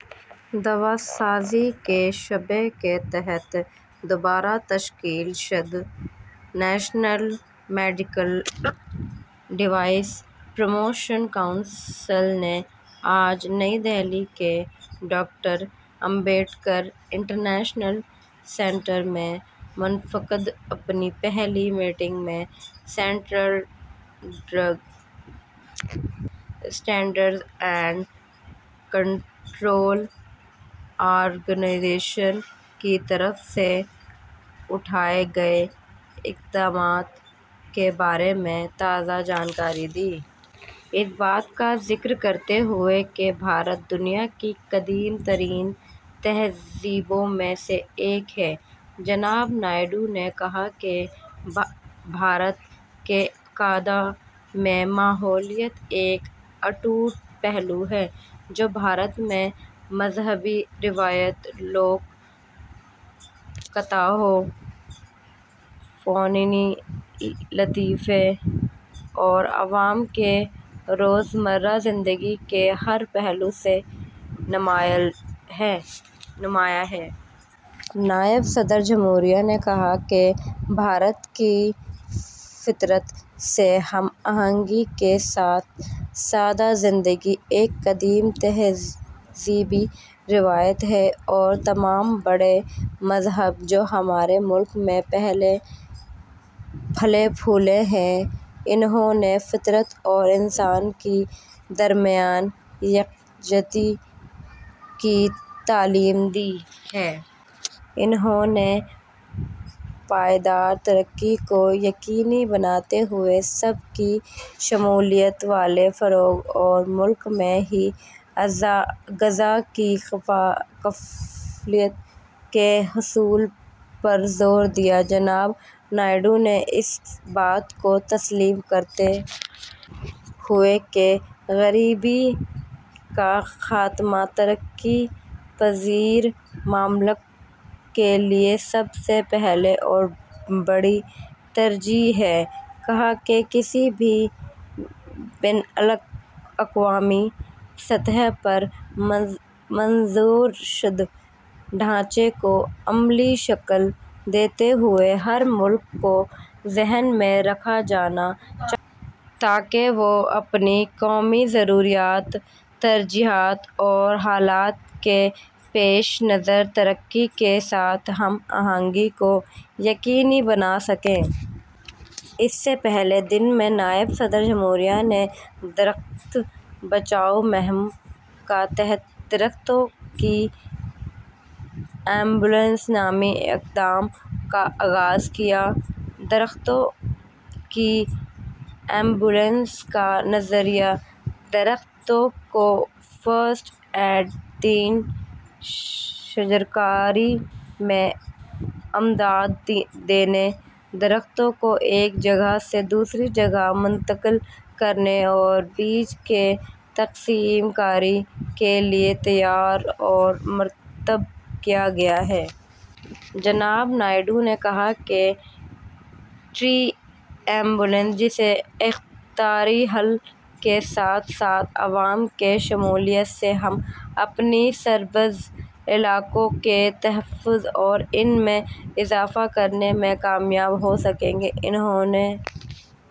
دواسازی کے شعبہ کے تحت دوبارہ تشکیل شدہ national medical device promotion council نے آج نئی دہلی کے ڈاکٹر امبیڈکر انٹرنیشنل سنٹر میں منعقدہ اپنی پہلی میٹنگ میں central drug standards and control organisation کی طرف سے اٹھائے گئے اقدامات کے بارے میں تازہ جانکاری دی۔ اس بات کا ذکر کرتے ہوئے کہ بھارت دنیا کی قدیم ترین تہذیبوں میں سے ایک ہے، جناب نائیڈو نے کہا کہ بھارت کے عقائد میں ماحولیات ایک اٹوٹ پہلو ہے، جو بھارت میں مذہبی روایات، لوک کتھاؤں، فنونِ لطیفہ اور عوام کی روزمرہ زندگی کے ہر پہلو سے نمایاں ہے۔ نائب صدرِ جمہوریہ نے کہا کہ بھارت کی فطرت سے ہم آہنگی کے ساتھ سادہ زندگی ایک قدیم تہذیبی روایت ہے اور تمام بڑے مذاہب، جو ہمارے ملک میں پھلے پھولے ہیں، انہوں نے فطرت اور انسان کے درمیان یکجہتی کی تعلیم دی ہے۔ انہوں نے پائیدار ترقی کو یقینی بناتے ہوئے سب کی شمولیت والے فروغ اور ملک میں ہی غذا کی کفالت کے حصول پر زور دیا۔ جناب نائیڈو نے اس بات کو تسلیم کرتے ہوئے کہ غریبی کا خاتمہ ترقی پذیر ممالک کے لیے سب سے پہلی اور بڑی ترجیح ہے، کہا کہ کسی بھی بین الاقوامی سطح پر منظور شدہ ڈھانچے کو عملی شکل دیتے ہوئے ہر ملک کو ذہن میں رکھا جانا چاہیے تاکہ وہ اپنی قومی ضروریات، ترجیحات اور حالات کے پیش نظر ترقی کے ساتھ ہم آہنگی کو یقینی بنا سکیں۔ اس سے پہلے دن میں نائب صدرِ جمہوریہ نے درخت بچاؤ مہم کے تحت درختوں کی ایمبولینس نامی اقدام کا آغاز کیا۔ درختوں کی ایمبولینس کا نظریہ درختوں کو فرسٹ ایڈ دینے، شجرکاری میں امداد دینے، درختوں کو ایک جگہ سے دوسری جگہ منتقل کرنے اور بیج کی تقسیم کاری کے لیے تیار اور مرتب کیا گیا ہے۔ جناب نائیڈو نے کہا کہ ٹری ایمبولینس جیسے اختراعی حل کے ساتھ ساتھ عوام کی شمولیت سے ہم اپنے سرسبز علاقوں کے تحفظ اور ان میں اضافہ کرنے میں کامیاب ہو سکیں گے۔ انہوں...